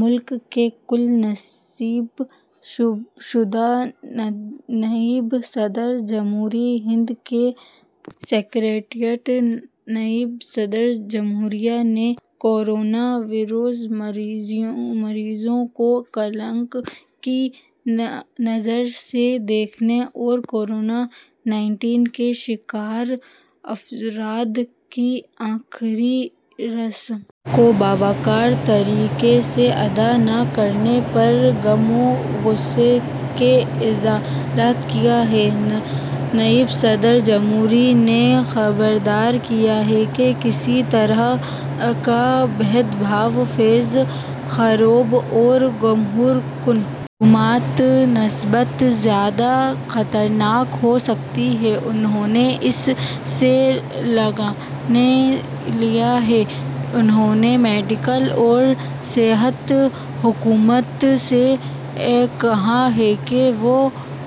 ملک کی کل نصب شدہ نائب صدر جمہوریہ ہند کا سکریٹریٹ نائب صدر جمہوریہ نے کورونا وائرس مریضوں کو کلنک کی نظر سے دیکھنے اور کووڈ انیس کے شکار افراد کی آخری رسوم کو باوقار طریقے سے ادا نہ کرنے پر غم و غصے کا اظہار کیا ہے نائب صدر جمہوریہ نے خبردار کیا ہے کہ کسی طرح کا بھید بھاؤ فرضی خبروں اور گمراہ کن معلومات کی بنسبت زیادہ خطرناک ہو سکتا ہے انہوں نے اس سے لڑنے کے لیے کہا ہے انہوں نے میڈیا اور صحت حکام سے کہا ہے کہ وہ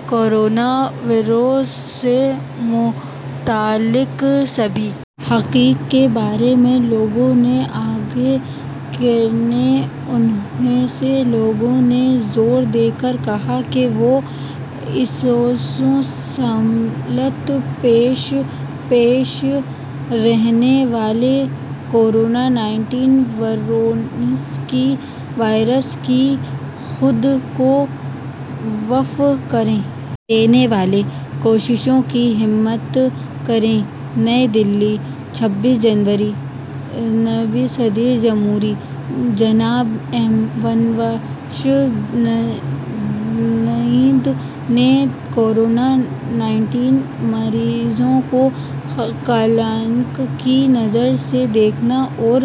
کورونا وائرس سے متعلق سبھی حقائق کے بارے میں لوگوں کو آگاہ کریں انہوں نے لوگوں سے زور دے کر کہا ہے کہ وہ کسانوں سمیت پیش پیش رہنے والے کووڈ انیس واریئرس کی خود کو وقف کر دینے والی کوششوں کی حمایت کریں نئی دہلی چھبیس جولائی نائب صدر جمہوریہ جناب ایم وینکیا نائیڈو نے کووڈ انیس مریضوں کو کلنک کی نظر سے دیکھنے اور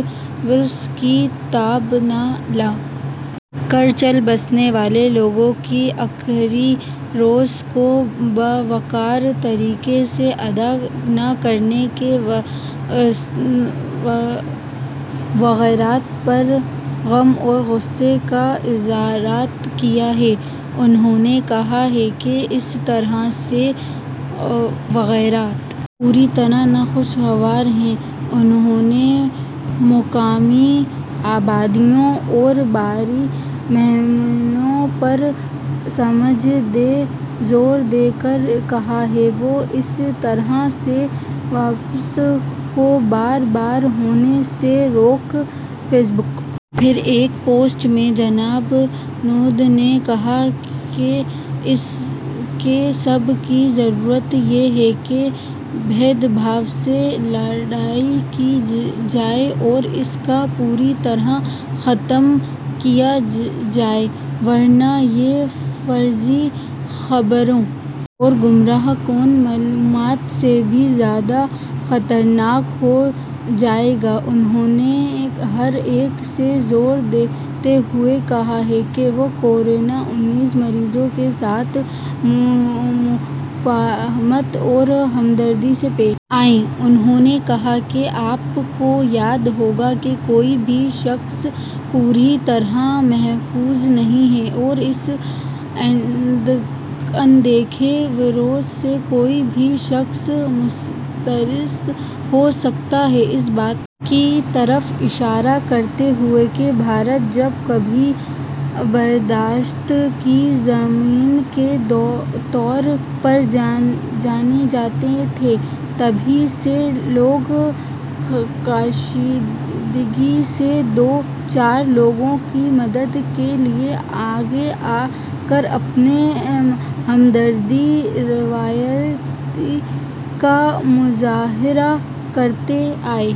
وائرس کی تاب نہ لا کر چل بسنے والے لوگوں کی آخری رسوم کو باوقار طریقے سے ادا نہ کرنے کے واقعات پر غم و غصے کا اظہار کیا ہے انہوں نے کہا کہ اس طرح کے واقعات پوری طرح ناخوشگوار ہیں انہوں نے مقامی آبادیوں اور بڑے پیمانے پر سماج سے زور دے کر کہا ہے کہ وہ اس طرح کے واقعات کو بار بار ہونے سے روکیں فیس بک پر ایک پوسٹ میں جناب نائیڈو نے کہا کہ سب کی ضرورت یہ ہے کہ بھید بھاؤ سے لڑائی کی جائے اور اس کا پوری طرح خاتمہ کیا جائے ورنہ یہ فرضی خبروں اور گمراہ کن معلومات سے بھی زیادہ خطرناک ہو جائے گا انہوں نے ہر ایک سے زور دیتے ہوئے کہا ہے کہ وہ کووڈ انیس مریضوں کے ساتھ مفاہمت اور ہمدردی سے پیش آئے انہوں نے کہا کہ آپ کو یاد ہوگا کہ کوئی بھی شخص پوری طرح محفوظ نہیں ہے اور اس ان دیکھے وائرس سے کوئی بھی شخص متاثر ہو سکتا ہے اس بات کی طرف اشارہ کرتے ہوئے کہ بھارت جب کبھی برداشت کی زمین کے طور پر جانا جاتا تھا تبھی سے لوگ کشیدگی سے دوچار لوگوں کی مدد کے لیے آگے آ کر اپنے ہمدردانہ رویے کا مظاہرہ کرتے آئے